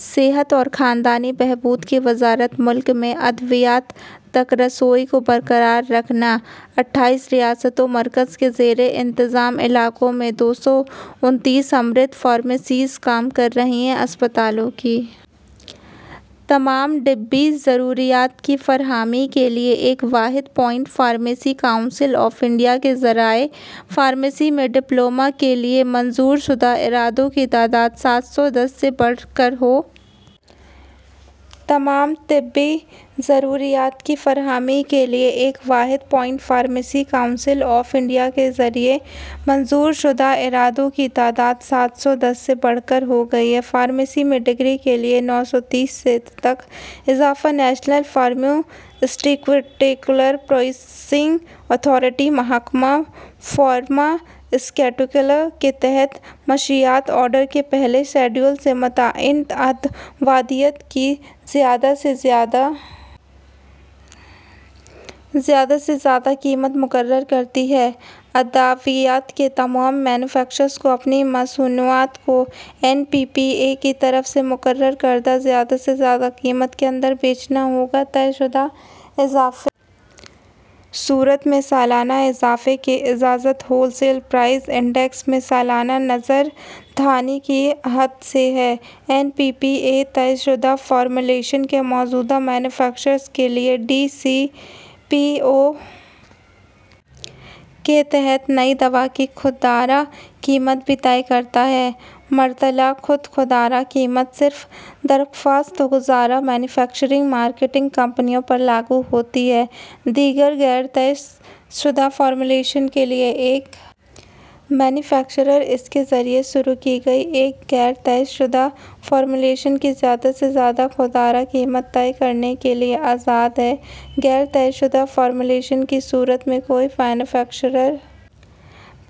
صحت اور خاندانی بہبود کی وزارت ملک میں ادویات تک رسائی کو برقرار رکھنا اٹھائیس ریاستوں مرکز کے زیر انتظام علاقوں میں دو سو اڑتیس امرت فارمیسی کام کر رہی ہے ہسپتالوں کی تمام طبی ضروریات کی فراہمی کے لیے ایک واحد point pharmacy council of India کے ذریعہ فارمیسی میں ڈپلومہ کے لیے منظور شدہ اداروں کی تعداد سات سو دس سے بڑھ کر ہو گئی ہے فارمیسی میں ڈگری کے لیے نو سو تیس سے تک اضافہ نیشنل فارماسیوٹیکل پرائسنگ اتھارٹی محکمہ فارماسیوٹیکل کے تحت منشیات آرڈر کے پہلے شیڈول میں متعین ادویات کی زیادہ سے زیادہ قیمت مقرر کرتی ہے ادویات کے تمام مینوفیکچررز کو اپنی مصنوعات کو این پی پی اے کی طرف سے مقرر کردہ زیادہ سے زیادہ قیمت کے اندر بیچنا ہوگا طے شدہ اضافے کی صورت میں سالانہ اضافے کی اجازت ہول سیل پرائس انڈیکس میں سالانہ نظرثانی کی حد تک ہے این پی پی اے طے شدہ فارمولیشنز کے موجودہ مینوفیکچررز کے لیے ڈی پی سی او کے تحت نئی دوا کی خوردہ قیمت بھی طے کرتا ہے مطلع شدہ خوردہ قیمت صرف درخواست گزار مینوفیکچرنگ مارکیٹنگ کمپنیوں پر لاگو ہوتی ہے دیگر غیر طے شدہ فارمولیشنوں کے لیے ایک مینوفیکچرر اس کے ذریعہ شروع کی گئی ایک غیر طے شدہ فارمولیشن کی زیادہ سے زیادہ خوردہ قیمت طے کرنے کے لیے آزاد ہے غیر طے شدہ فارمولیشن کی صورت میں کوئی مینوفیکچرر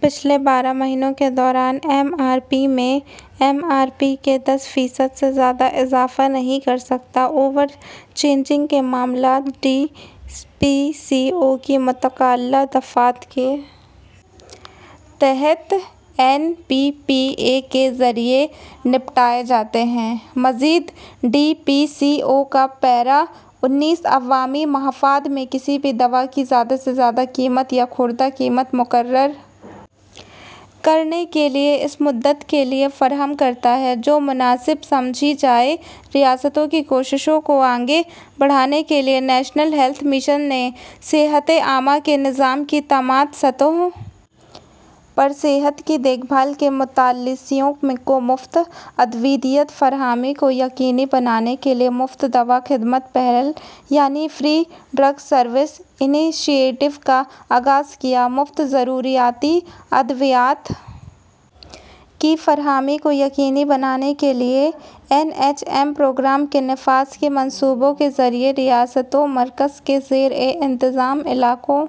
پچھلے بارہ مہینوں کے دوران ایم آر پی میں ایم آر پی کے دس فیصد سے زیادہ اضافہ نہیں کر سکتا اوور چارجنگ کے معاملات ڈی پی سی او کی متعلقہ دفعات کے تحت این پی پی اے کے ذریعے نمٹائے جاتے ہیں مزید ڈی پی سی او کا پیرا انیس عوامی مفاد میں کسی بھی دوا کی زیادہ سے زیادہ قیمت یا خوردہ قیمت مقرر کرنے کے لیے اس مدت کے لیے فراہم کرتا ہے جو مناسب سمجھی جائے ریاستوں کی کوششوں کو آگے بڑھانے کے لیے نیشنل ہیلتھ مشن نے صحت عامہ کے نظام کی تمام سطحوں پر صحت کی دیکھ بھال کے متلاشیوں کو مفت ادویات کی فراہمی کو یقینی بنانے کے لیے مفت دوا خدمت پہل یعنی فری ڈرگز سروس انیشیٹو کا آغاز کیا ہے مفت ضروری ادویات کی فراہمی کو یقینی بنانے کے لیے این ایچ ایم پروگرام کے نفاذ کے منصوبوں کے ذریعے ریاستوں مرکز کے زیر انتظام علاقوں